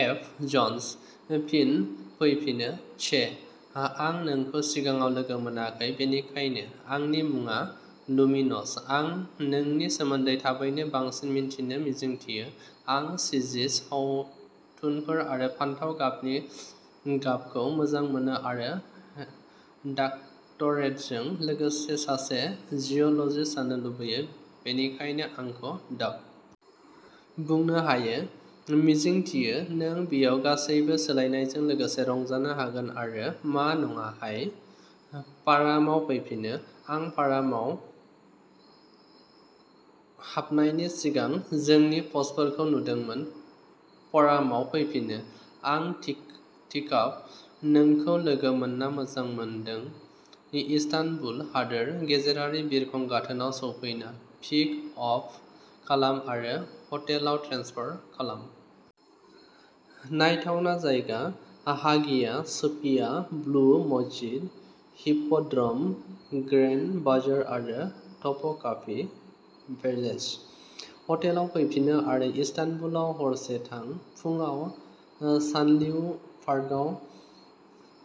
F. Jones. फिन फैफिनो, चे! आं नोंखौ सिगाङाव लोगो मोनाखै, बेनिखायनो आंनि मुङा लुमिनस! आं नोंनि सोमोन्दै थाबैनो बांसिन मिन्थिनो मिजिंथियो। आं चिजि सावथुनफोर आरो फान्थाव गाबनि गाबखौ मोजां मोनो आरो डक्टरेटजों लोगोसे सासे जिअ'लजिस्ट जानो लुबैदों, बेनिखायनो आंखौ ड. बुंनो हायो। मिजिंथियो नों बेयाव गासैबो सोलायनायजों लोगोसे रंजानो हागोन आरो मा नङा। हाय! फरामाव फैफिनो! आं फरामाव हाबनायनि सिगां नोंनि पस्टफोरखौ नुदोंमोन। फरामाव फैफिनो। आं टीकाप। नोंखौ लोगो मोनना मोजां मोनदों! इस्तानबुल हादोर गेजेरारि बिरखं गाथोनाव सौफैना, पिक आप खालाम आरो हटेलाव ट्रेन्सफार खालाम। नायथावना जायगाः हागिया सोफिया, ब्लु मस्जिद, हिप्प'ड्र'म, ग्रेन्ड बाजार आरो टपकापि पेलेस। हटेलाव फैफिनो आरो इस्तानबुलाव हरसे थां। फुंआव सानलिउर्फायाव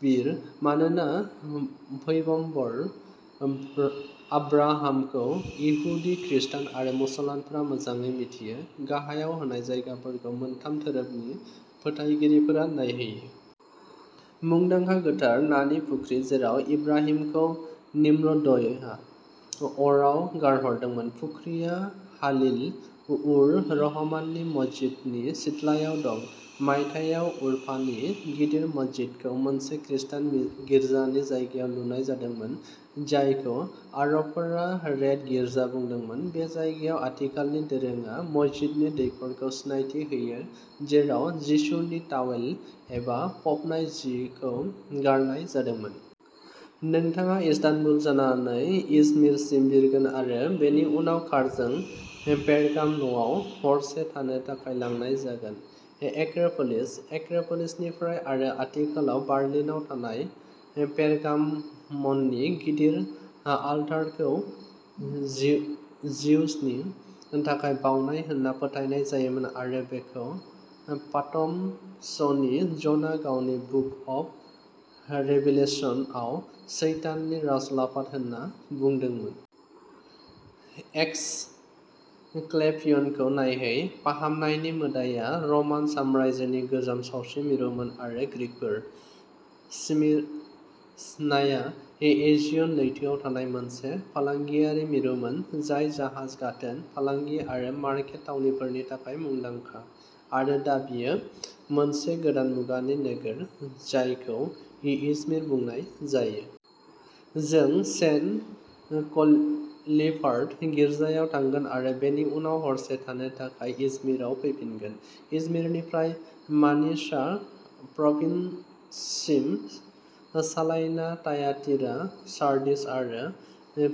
बिर। मानोना पैगम्बर आब्राहामखौ इहुदि, खृस्टान आरो मुसलमानफोरा मोजाङै मिथियो, गाहायाव होनाय जायगाफोरखौ मोनथाम धोरोमनि फोथायगिरिफोरा नायहैयो। मुंदांखा गोथार नानि फुख्रि जेराव इब्राहिमखौ निम्र'दआ अराव गारहरदोंमोन। फुख्रिया हालिल-उर-रहमाननि मस्जिदनि सिथलायाव दं। मायथाइयाव उरफानि गिदिर मस्जिदखौ मोनसे खृस्टान गिर्जानि जायगायाव लुनाय जादोंमोन, जायखौ आरबफोरा "रेड गिर्जा" बुंदोंमोन। बे जायगायाव आथिखालनि दोरोङा मस्जिदनि दैखरखौ सिनायथि होयो जेराव जिसुनि तावेल एबा फबनाय जि खौ गारनाय जादोंमोन। नोंथाङा इस्तानबुल जानानै इजमिरसिम बिरगोन आरो बेनि उनाव कारजों पेरगाम'नआव हरसे थानो थाखाय लांनाय जागोन। एक्रोपोलिसः एक्रोपोलिसनिफ्राय आरो आथिखालाव बार्लिनआव थानाय पेरगाम'ननि गिदिर आलतारखौ जिउ जिउसनि थाखाय बावनाय होनना फोथायनाय जायोमोन आरो बेखौ पाटम'सनि ज'ना गावनि बुक अफ रेभिलेशन आव "सैताननि राजउलाफाद" होन्ना बुंदोंमोन। एसक्लेपियनखौ नायहै, फाहामनायनि मोदाया, रमान साम्रायजोनि गोजाम सावस्रि मिरुमोन आरो ग्रीकफोर। स्मिरनाया एजियन लैथोआव थानाय मोनसे फालांगियारि मिरुमोन, जाय जाहाज गाथोन, फालांगि आरो मारकेट थावनिफोरनि थाखाय मुंदांखा, आरो दा बेयो मोनसे गोदान मुगानि नोगोर, जायखौ इजमिर बुंनाय जायो। जों सेन्ट पलिकार्प गिर्जायाव थांगोन आरो बेनि उनाव हरसे थानो थाखाय इजमिरआव फैफिनगोन। इजमिरनिफ्राय मानिसा प्रभिन्ससिम सालायना थायातिरा, सार्डिस आरो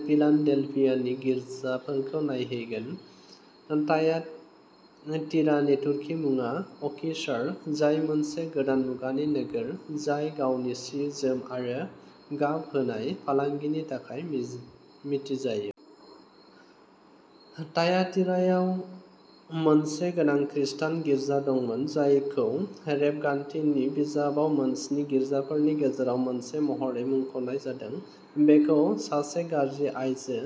फिलाडेल्फियानि गिर्जाफोरखौ नायहैगोन। थायातिरानि तुर्की मुङा अखिसार, जाय मोनसे गोदान मुगानि नोगोर, जाय गावनि सि-जोम आरो गाब होनाय फालांगिनि थाखाय मिथिजायो। थायातिरायाव मोनसे गोनां खृस्टान गिर्जा दंमोन, जायखौ रेबगान्थिनि बिजाबाव मोनस्नि गिर्जाफोरनि गेजेराव मोनसे महरै मुंख'नाय जादों। बेखौ सासे गाज्रि आइजो,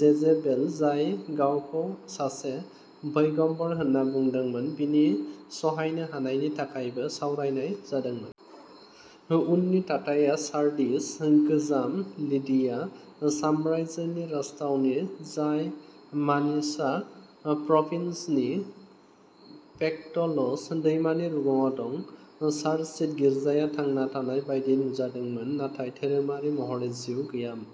जेजेबेल, जाय गावखौ सासे पैगम्बर होनना बुंदोंमोन, बिनि सहायनो हानायनि थाखायबो सावरायनाय जादोंमोन। उननि थाथाया सार्डिस, गोजाम लिडिया साम्रायजोनि राजथावनि, जाय मानिसा प्रभिन्सनि पेक्टलस दैमानि रुगुङाव दं। सार्डिस गिर्जाया थांना थानाय बायदि नुजादोंमोन नाथाय धोरोमारि महरै जिउ गैयैमोन।